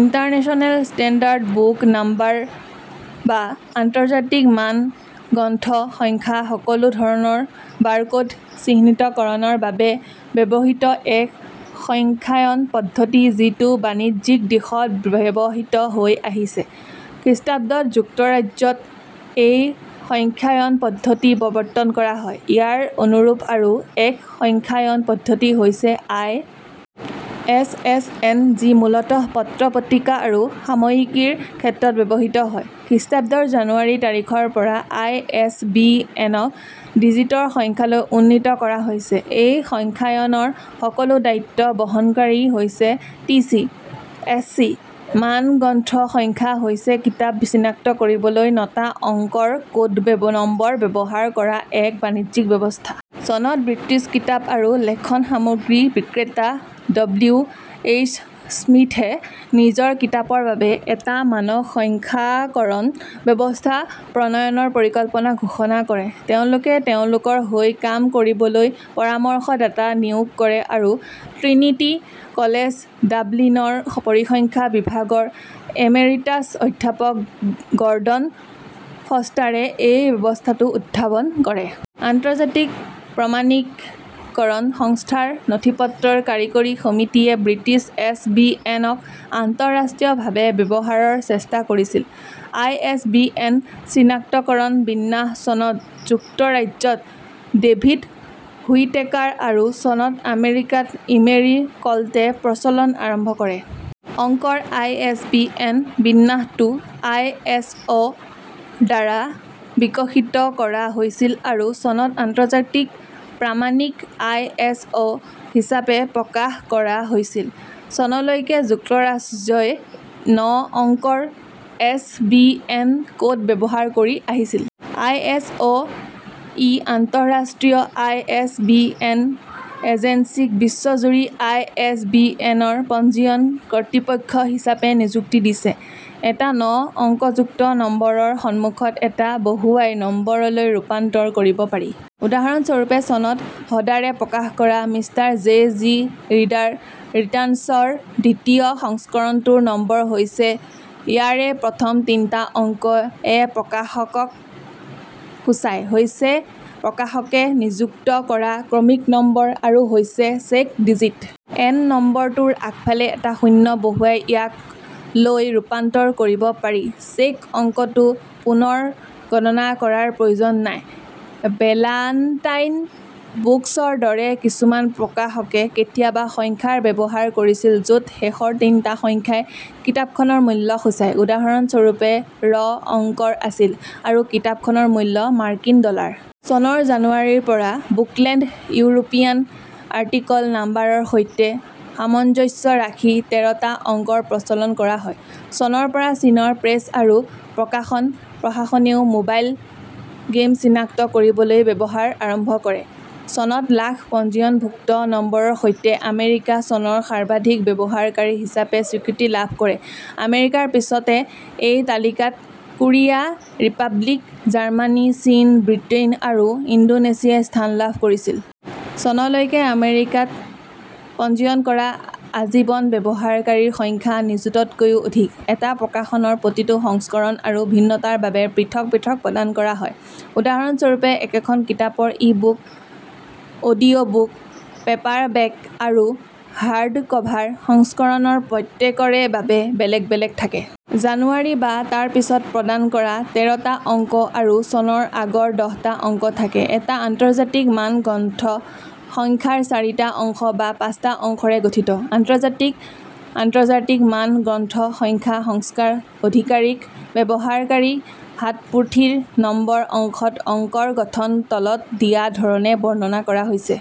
International standard book number বা আন্তৰ্জাতিক মান গ্ৰন্থ সংখ্যা সকলো ধৰনৰ বাৰকোড চিহ্নিতকৰণৰ বাবে ব্যৱহৃত এক সংখ্যায়ন পদ্ধতি যিটো বাণিজ্যিক দিশত ব্যৱহৃত হৈ আহিছে। খ্ৰীষ্টাব্দত যুক্তৰাজ্যত এই সংখ্যায়ন পদ্ধতি প্ৰৱৰ্তন কৰা হয়। ইয়াৰ অনুৰূপ আৰু এক সংখ্যায়ন পদ্ধতি হৈছে আই. এচ. এচ. এন. যি মূলতঃ পত্ৰ-পত্ৰিকা আৰু সাময়িকীৰ ক্ষেত্ৰত ব্যৱহৃত হয়। খ্ৰীষ্টাব্দৰ জানুৱাৰী তাৰিখৰ পৰা আই. এচ. বি. এনক -ডিজিটৰ সংখ্যালৈ উন্নীত কৰা হৈছে। এই সংখ্যায়নৰ সকলো দায়িত্ব বহনকাৰী হৈছে টিচি /এচচি। মান গ্ৰন্থ সংখ্যা হৈছে কিতাপ চিনাক্ত কৰিবলৈ নটা অংকৰ ক'ড নম্বৰ ব্যৱহাৰ কৰা এক বাণিজ্যিক ব্যৱস্থা। চনত ব্ৰিটিছ কিতাপ আৰু লেখন সামগ্ৰী বিক্ৰেতা ডব্লিউ. এইচ. স্মিথে নিজৰ কিতাপৰ বাবে এটা মানক সংখ্যাকৰণ ব্যৱস্থা প্ৰণয়নৰ পৰিকল্পনা ঘোষণা কৰে। তেওঁলোকে তেওঁলোকৰ হৈ কাম কৰিবলৈ পৰামৰ্শদাতা নিয়োগ কৰে আৰু ট্ৰিনিটি কলেজ ডাবলিনৰ পৰিসংখ্যা বিভাগৰ এমেৰিটাছ অধ্যাপক গৰ্ডন ফষ্টাৰে এই ব্যৱস্থাটো উদ্ভাৱন কৰে। আন্তৰ্জাতিক প্ৰামাণিককৰণ সংস্থা ৰ নথিপত্ৰৰ কাৰিকৰী সমিতিয়ে ব্ৰিটিছ এছ. বি. এন. ক আন্তঃৰাষ্ট্ৰীয়ভাবে ব্যৱহাৰৰ চেষ্টা কৰিছিল। আই. এছ. বি. এন. চিনাক্তকৰণ বিন্যাস চনত যুক্তৰাজ্যত ডেভিদ হুইটেকাৰ আৰু চনত আমেৰিকাত ইমেৰী কলটে প্ৰচলন আৰম্ভ কৰে। অংকৰ আই. এছ. বি. এন. বিন্যাসটো আই. এছ. অ'. ৰ দ্বাৰা বিকশিত কৰা হৈছিল আৰু চনত আন্তৰ্জাতিক প্ৰামাণিক আই. এছ. অ'. হিচাপে প্ৰকাশ কৰা হৈছিল। চনলৈকে যুক্তৰাজ্যই ন অংকৰ এছ. বি. এন. ক'ড ব্যৱহাৰ কৰি আহিছিল। আই. এছ. অ'. ই আন্তঃৰাষ্ট্ৰীয় আই. এছ. বি. এন. এজেন্সীক বিশ্বজুৰি আই. এছ. বি. এন. ৰ পঞ্জীয়ন কৰ্তৃপক্ষ হিচাপে নিযুক্তি দিছে৷ এটা ন অংকযুক্ত নম্বৰৰ সন্মুখত এটা "" বহুৱাই নম্বৰলৈ ৰূপান্তৰ কৰিব পাৰি। উদাহৰণস্বৰূপে, চনত হডাৰে প্ৰকাশ কৰা "মিষ্টাৰ জে. জি. ৰিডাৰ ৰিটাৰ্ণছ"ৰ দ্বিতীয় সংস্কৰণটোৰ নম্বৰ হৈছে "", ইয়াৰে প্ৰথম তিনিটা অংক "" য়ে প্ৰকাশকক সূচায়, "" হৈছে প্ৰকাশকে নিযুক্ত কৰা ক্ৰমিক নম্বৰ আৰু "" হৈছে চেক ডিজিট। এন নম্বৰটোৰ আগফালে এটা শূন্য বহুৱাই ইয়াক --- লৈ ৰূপান্তৰ কৰিব পাৰি; চেক অংকটো পুনৰ গণনা কৰাৰ প্ৰয়োজন নাই। "বেলান্টাইন বুকছ"ৰ দৰে কিছুমান প্ৰকাশকে কেতিয়াবা সংখ্যাৰ ব্যৱহাৰ কৰিছিল য'ত শেষৰ তিনিটা সংখ্যাই কিতাপখনৰ মূল্য সূচায়; উদাহৰণস্বৰূপে, " "ৰ অংকৰ আছিল --- আৰু কিতাপখনৰ মূল্য মাৰ্কিন ডলাৰ। চনৰ জানুৱাৰীৰ পৰা "বুকলেণ্ড" ইউৰোপীয়ান আৰ্টিকল নাম্বাৰৰ সৈতে সামঞ্জস্য ৰাখি তেৰটা অংকৰ প্ৰচলন কৰা হয়। চনৰ পৰা চীনৰ প্ৰেছ আৰু প্ৰকাশন প্ৰশাসনেও মোবাইল গেম চিনাক্ত কৰিবলৈ ব্যৱহাৰ আৰম্ভ কৰে। চনত লাখ পঞ্জীয়নভুক্ত নম্বৰৰ সৈতে আমেৰিকা চনৰ সৰ্বাধিক ব্যৱহাৰকাৰী হিচাপে স্বীকৃতি লাভ কৰে৷ আমেৰিকাৰ পিছতে এই তালিকাত কোৰিয়া ৰিপাব্লিক, জাৰ্মানী, চীন, ব্ৰিটেইন আৰু ইণ্ডোনেছিয়াই স্থান লাভ কৰিছিল। চনলৈকে আমেৰিকাত পঞ্জীয়ন কৰা আজীৱন ব্যৱহাৰকাৰীৰ সংখ্যা নিযুততকৈও অধিক। এটা প্ৰকাশনৰ প্ৰতিটো সংস্কৰণ আৰু ভিন্নতাৰ বাবে পৃথক পৃথক প্ৰদান কৰা হয়। উদাহৰণস্বৰূপে, একেখন কিতাপৰ ই-বুক, অডিঅ'বুক, পেপাৰবেক আৰু হাৰ্ডকভাৰ সংস্কৰণৰ প্ৰত্যেকৰে বাবে বেলেগ বেলেগ থাকে। জানুৱাৰী বা তাৰ পিছত প্ৰদান কৰা তেৰটা অংক আৰু চনৰ আগৰ দহটা অংক থাকে। এটা আন্তৰ্জাতিক মান গ্ৰন্থ সংখ্যাৰ চাৰিটা অংশ বা পাঁচটা অংশৰে গঠিত। আন্তৰ্জাতিক আন্তৰ্জাতিক মান গ্ৰন্থ সংখ্যা সংস্থাৰ আধিকাৰীক ব্যৱহাৰকাৰী হাতপুথিৰ নং অংশত অংকৰ গঠন তলত দিয়া ধৰণে বৰ্ণনা কৰা হৈছে:।